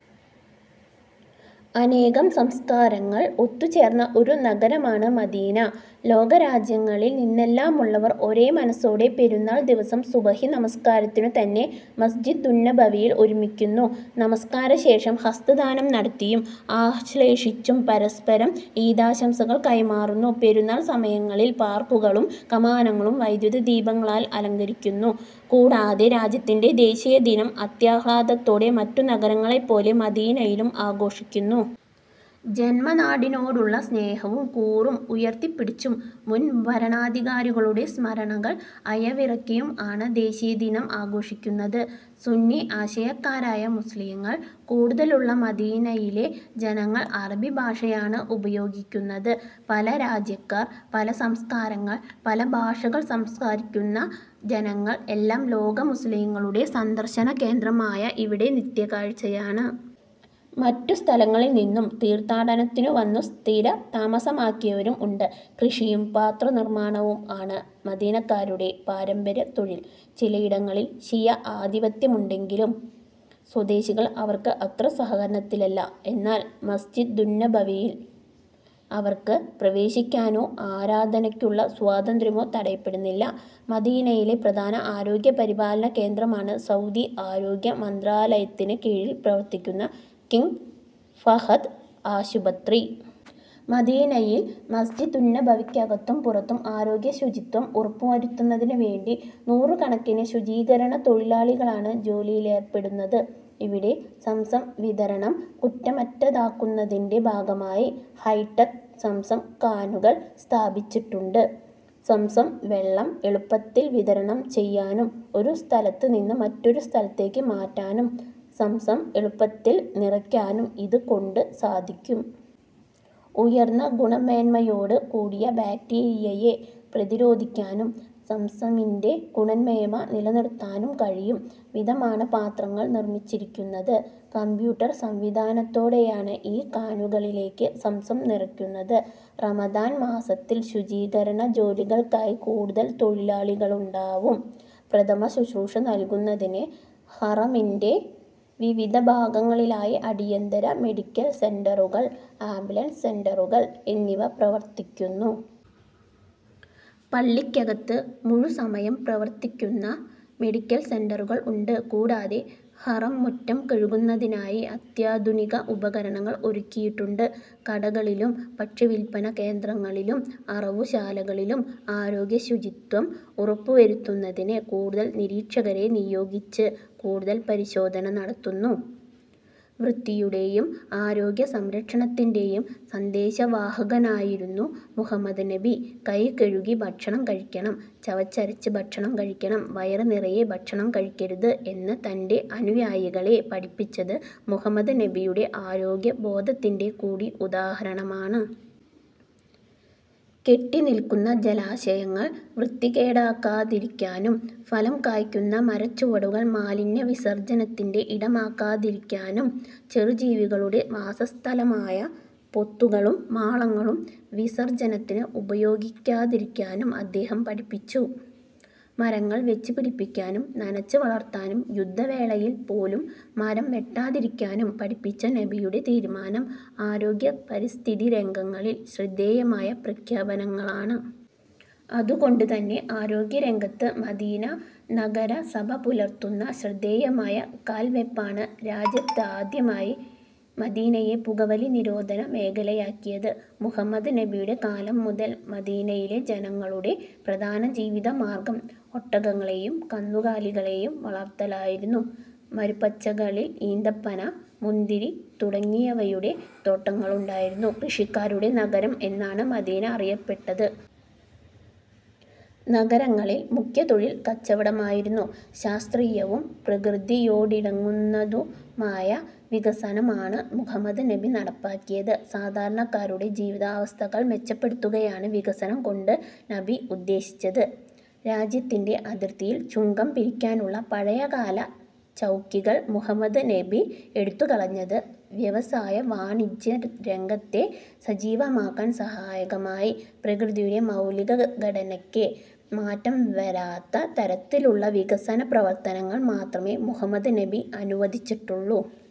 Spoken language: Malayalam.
അനേകം സംസ്കാരങ്ങൾ ഒത്തുചേർന്ന ഒരു നഗരമാണ് മദീന. ലോകരാജ്യങ്ങളിൽ നിന്നെല്ലാമുള്ളവർ ഒരേ മനസ്സോടെ പെരുന്നാൾ ദിവസം സുബഹി നമസ്കാരത്തിനു തന്നെ മസ്ജിദുന്നബവിയിൽ ഒരുമിക്കുന്നു. നമസ്കാരശേഷം ഹസ്തദാനം നടത്തിയും ആശ്ളേഷിച്ചും പരസ്പരം ഈദാശംസകൾ കൈമാറുന്നു. പെരുന്നാൾ സമയങ്ങളിൽ പാർക്കുകളും കമാനങ്ങളും വൈദ്യുതദീപങ്ങളാൽ അലങ്കരിക്കുന്നു. കൂടാതെ രാജ്യത്തിന്റെ ദേശീയദിനം അത്യാഹ്ളാദത്തോടെ മറ്റു നഗരങ്ങളെ പോലെ മദീനയിലും ആഘോഷിക്കുന്നു. ജന്മനാടിനോടുള്ള സ്നേഹവും കൂറും ഉയർത്തിപ്പിടിച്ചും മുൻ ഭരണാധികാരികളുടെ സ്മരണകൾ അയവിറക്കിയും ആണ് ദേശീയദിനം ആഘോഷിക്കുന്നത്. സുന്നി ആശയക്കാരായ മുസ്ലിങ്ങൾ കൂടുതലുള്ള മദീനയിലെ ജനങ്ങൾ അറബി ഭാഷയാണ് ഉപയോഗിക്കുന്നത്. പല രാജ്യക്കാർ, പല സംസ്കാരങ്ങൾ, പല ഭാഷകൾ സംസാരിക്കുന്ന ജനങ്ങൾ എല്ലാം ലോക മുസ്ലിംകളുടെ സന്ദർശനകേന്ദ്രമായ ഇവിടെ നിത്യകാഴ്ചയാണ്. മറ്റു സ്ഥലങ്ങളിൽ നിന്നും തീർഥാടനത്തിനു വന്നു സ്ഥിരതാമസമാക്കിയവരും ഉണ്ട്. കൃഷിയും പാത്രനിർമ്മാണവും ആണ് മദീനക്കാരുടെ പാരമ്പര്യ തൊഴിൽ. ചിലയിറ്റങ്ങളിൽ ശിയ ആദിപത്യമുണ്ടങ്കിലും സ്വദേശികൾ അവർക്ക് അത്ര സഹകരണത്തിലല്ല. എന്നാൽ മസ്ജിദുന്നബയിൽ അവർക്ക് പ്രവേശിക്കാനോ ആരാധനക്കുള്ള സ്വാതന്ത്രമോ തടയപ്പെടുന്നില്ലാ.. മദീനയിലെ പ്രധാന ആരോഗ്യ പരിപാലന കേന്ദ്രമാണ് സൗദി ആരോഗ്യ മന്ത്രാലയത്തിന് കീഴിൽ പ്രവർത്തിക്കുന്ന കിങ് ഫഹദ് ആശുപത്രി.. മദീനയിൽ മസ്ജിദുന്നബവിക്കകത്തും പുറത്തും ആരോഗ്യ ശുചിത്വം ഉറപ്പുവരുത്തുന്നതിന് വേണ്ടി നൂറുകണക്കിന് ശുചികരണ തൊഴിലാളികളാണ് ജോലിയിലെർപ്പെടുന്നത്. ഇവിടെ സംസം വിതരണം കുറ്റമറ്റതാക്കുന്നതിന്റെ ഭാഗമായി ഹൈടെക് സംസം കാനുകൾ സ്ഥാപിച്ചിട്ടുണ്ട്. സംസം വെള്ളം എളുപ്പത്തിൽ വിതരണം ചെയ്യാനും ഒരുസ്ഥലത്ത് നിന്ന് മറ്റൊരു സ്ഥലത്തേക്ക് മാറ്റാനും സംസം എളുപ്പത്തിൽ നിറക്കാനും ഇത് കൊണ്ട് സാധിക്കും. ഉയർന്ന ഗുണമേന്മയോട് കൂടിയ ബാക്ടീരിയയെ പ്രതിരോധിക്കാനും സംസമിന്റെ ഗുണമേന്മ നിലനിർത്താനും കഴിയും വിധമാണ് പാത്രങ്ങൾ നിർമിച്ചിരിക്കുന്നത്. കമ്പ്യൂട്ടർ സംവിധാനത്തോടെയാണ് ഈ കാനുകളിലേക്ക് സംസം നിറക്കുന്നത്. റമദാൻ മാസത്തിൽ ശുചീകരണ ജോലികൾക്കായി കൂടുതൽ തൊഴിലാളികളുണ്ടാവും. പ്രഥമശുശ്രൂഷ നൽകുന്നതിന് ഹറമിന്റ വിവിധ ഭാഗങ്ങളിലായി അടിയന്തര മെഡിക്കൽ സെന്ററുകൾ, ആംബുലൻസ് സെന്ററുകൾ എന്നിവ പ്രവർത്തിക്കുന്നു. പള്ളിക്കകത്ത് മുഴുസമയം പ്രവർത്തിക്കുന്ന മെഡിക്കൽ സെന്ററുകൾ ഉണ്ട്. കൂടാതെ ഹറം മുറ്റം കഴുകുന്നതിനായി അത്യാധുനിക ഉപകരണങ്ങൾ ഒരുക്കിയിട്ടുണ്ട്. കടകളിലും ഭക്ഷ്യവിൽപന കേന്ദ്രങ്ങളിലും അറവുശാലകളിലും ആരോഗ്യ ശുചിത്വം ഉറപ്പുവരുത്തുന്നതിന് കൂടുതൽ നിരീക്ഷകരെ നിയോഗിച്ച് കൂടുതൽ പരിശോധന നടത്തുന്നു. വൃത്തിയുടെയും ആരോഗ്യ സംരക്ഷണത്തിന്റെയും സന്ദേശവാഹകനായിരുന്നു മുഹമ്മദ് നബി. കൈകഴുകി ഭക്ഷണം കഴിക്കണം, ചവച്ചരച്ച് ഭക്ഷണം കഴിക്കണം, വയറ് നിറയെ ഭക്ഷണം കഴിക്കരുത് എന്ന് തന്റെ അനുയായികളെ പഠിപ്പിച്ചത് മുഹമ്മദ് നബിയുടെ ആരോഗ്യ ബോധത്തിന്റെ കൂടി ഉദാഹരണമാണ്. കെട്ടിനിൽക്കുന്ന ജലാശയങ്ങൾ വൃത്തികേടാക്കാതിരിക്കാനും ഫലം കായ്ക്കുന്ന മരച്ചുവടുകൾ മാലിന്യ വിസർജനത്തിന്റെ ഇടമാക്കാതിരിക്കാനും ചെറുജീവികളുടെ വാസസ്ഥലമായ പൊത്തുകളും മാളങ്ങളും വിസർജനത്തിന് ഉപയോഗിക്കാതിരിക്കാനും അദ്ദേഹം പഠിപ്പിച്ചു. മരങ്ങൾ വെച്ച് പിടിപ്പിക്കാനും നനച്ച് വളർത്താനും യുദ്ധവേളയിൽ പോലും മരം വെട്ടാതിരിക്കാനും പഠിപ്പിച്ച നബിയുടെ തീരുമാനം ആരോഗ്യ പരിസ്ഥിതി രംഗങ്ങളിൽ ശ്രദ്ധേയമായ പ്രഖ്യാപനങ്ങളാണ്. അത് കൊണ്ട് തന്നെ ആരോഗ്യ രംഗത്ത് മദീന നഗരസഭ പുലർത്തുന്ന ശ്രദ്ധേയമായ കാൽവെപ്പാണ് രാജ്യത്താദ്യമായി മദീനയെ പുകവലി നിരോധന മേഖലയാക്കിയത്. മുഹമ്മദ് നബിയുടെ കാലം മുതൽ മദീനയിലെ ജനങ്ങളുടെ പ്രധാന ജീവിതമാർഗ്ഗം ഒട്ടകങ്ങളെയും കന്നുകാലികളെയും വളർത്തലായിരുന്നു. മരുപ്പച്ചകളിൽ ഈന്തപ്പന, മുന്തിരി തുടങ്ങിയവയുടെ തോട്ടങ്ങളുണ്ടായിരുന്നു. കൃഷിക്കാരുടെ നഗരം എന്നാണ് മദീന അറിയപ്പെട്ടത്. നഗരങ്ങളിൽ മുഖ്യതൊഴിൽ കച്ചവടമായിരുന്നു. ശാസ്ത്രീയവും പ്രക്രതിയോടിണങ്ങുന്നതുമായ വികസനം ആണ് മുഹമ്മദ് നബി നടപ്പാക്കിയത്. സാധാരണക്കാരുടെ ജീവിതാവസ്ഥകൾ മെച്ചപ്പെടുത്തുകയാണ് വികസനം കൊണ്ട് നബി ഉദ്ദേശിച്ചത്. രാജ്യത്തിന്റെ അതിർത്തിയിൽ ചുങ്കം പിരിക്കാനുള്ള പഴയകാല ചൗക്കികൾ മുഹമ്മദ് നബി എടുത്ത് കളഞ്ഞത് വ്യവസായ-വാണിജ്യ രംഗത്തെ സജീവമാക്കാൻ സഹായകമായി. പ്രകൃതിയുടെ മൗലിക ഘടനക്ക് മാറ്റം വരാത്ത തരത്തിലുള്ള വികസന പ്രവർത്തനങ്ങൾ മാത്രമേ മുഹമ്മദ് നബി അനുവദിച്ചിട്ടുള്ളൂ.